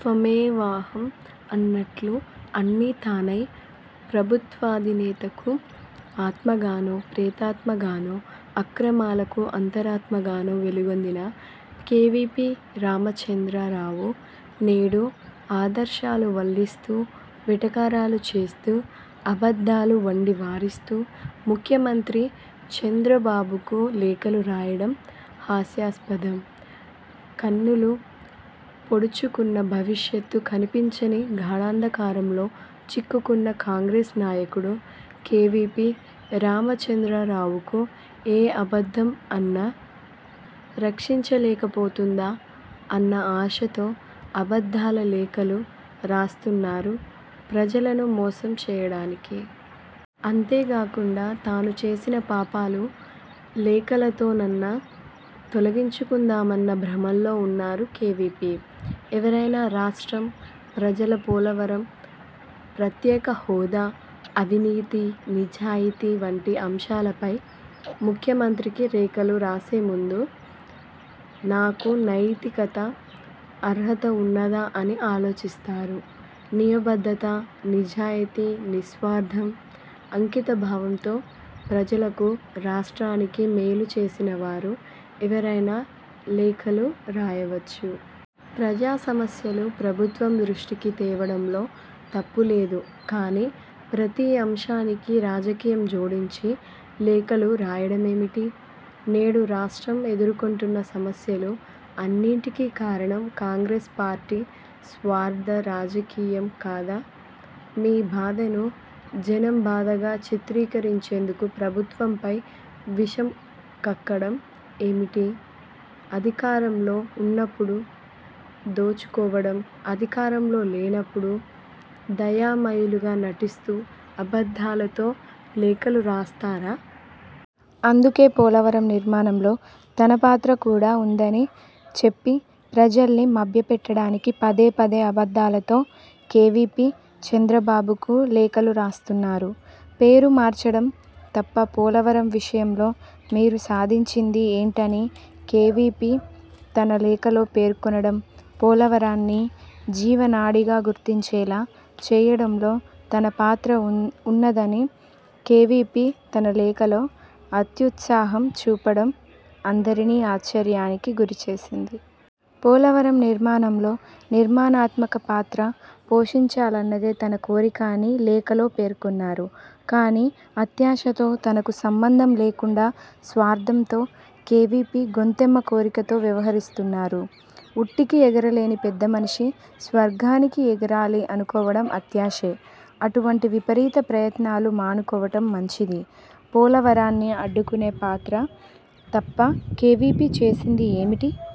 త్వమేవాహం అన్నట్లు అన్నీ తానై ప్రభుత్వాధినేతకు ఆత్మగానో, ప్రేతాత్మగానో, అక్రమాలకు అంతరాత్మగానో వెలుగొందిన కేవీపీ రామచంద్రరావు నేడు ఆదర్శాలు వల్లిస్తూ, వెటకారాలు చేస్తూ, అబద్ధాలు వండివారుస్తూ ముఖ్యమంత్రి చంద్రబాబుకు లేఖలు రాయడం హాస్యాస్పదం. కన్నులు పొడుచుకున్నా భవిష్యత్తు కనిపించని గాఢాంధకారంలో చిక్కుకున్న కాంగ్రెస్ నాయకుడు కేవీపీ రామచంద్రరావుకు ఏ అబద్ధం అన్నా రక్షించలేకపోతుందా అన్న ఆశతో అబద్ధాల లేఖలు రాస్తున్నారు ప్రజలను మోసం చేయడానికి. అంతేగాకుండా తానుచేసిన పాపాలు లేఖలతోనన్నా తొలగించుకుందామన్న భ్రమల్లో ఉన్నారు కేవీపీ. ఎవరైనా రాష్ట్రం, ప్రజలు పోలవరం, ప్రత్యేకహోదా, అవినీతి, నిజాయితీ, వంటి అంశాలపై ముఖ్యమంత్రికి లేఖలు రాసేముందు నాకు నైతికత, అర్హత ఉన్నదా అని ఆలోచిస్తారు. నిబద్ధత, నిజాయితీ, నిస్వార్ధం, అంకితభావంతో ప్రజలకు, రాష్ట్రానికి మేలుచేసిన వారు ఎవరైనా లేఖలు రాయవచ్చు. ప్రజాసమస్యలు ప్రభుత్వం దృష్టికి తేవడంలో తప్పులేదు. కానీ ప్రతి అంశానికి రాజకీయం జోడించి లేఖలు రాయడమేమిటి? నేడు రాష్ట్రం ఎదుర్కొంటున్న సమస్యలు అన్నిటికీ కారణం కాంగ్రెస్ పార్టీ స్వార్ధ రాజకీయం కాదా? మీ బాధను జనం బాధగా చిత్రించేందుకు ప్రభుత్వంపై విషం కక్కడం ఏమిటి? అధికారంలో ఉన్నప్పుడు దోచుకోవడం, అధికారంలో లేనప్పుడు దయామయులుగా నటిస్తూ అబద్ధాలతో లేఖలు రాస్తారా? అందుకే పోలవరం నిర్మాణంలో తన పాత్ర కూడా ఉందని చెప్పి ప్రజల్ని మభ్యపెట్టడానికి పదే పదే అబద్ధాలతో కేవీపీ చంద్రబాబుకు లేఖలు రాస్తున్నారు. పేరు మార్చడం తప్ప పోలవరం విషయంలో మీరు సాధించింది ఏంటని కేవీపీ తన లేఖలో పేర్కొనడం, పోలవరాన్ని జీవనాడిగా గుర్తించేలా చేయడంలో తన పాత్ర ఉన్నదని కేవీపీ తన లేఖలో అత్యుత్సాహం చూపడం అందరినీ ఆశ్చర్యానికి గురిచేసింది. పోలవరం నిర్మాణంలో నిర్మాణాత్మక పాత్ర పోషించాలన్నదే తన కోరిక అని లేఖలో పేర్కొన్నారు. కానీ అత్యాశతో తనకు సంబంధం లేకుండా స్వార్ధంతో కేవీపీ గొంతెమ్మ కోరికతో వ్యవహరిస్తున్నారు. ఉట్టికి ఎగరలేని పెద్దమనిషి స్వర్గానికి ఎగరాలి అనుకోవటం అత్యాశే. అటువంటి విపరీత ప్రయత్నాలు మానుకోవటం మంచిది. పోలవరాన్ని అడ్డుకునే పాత్ర తప్పా కేవీపీ చేసింది ఏమిటి?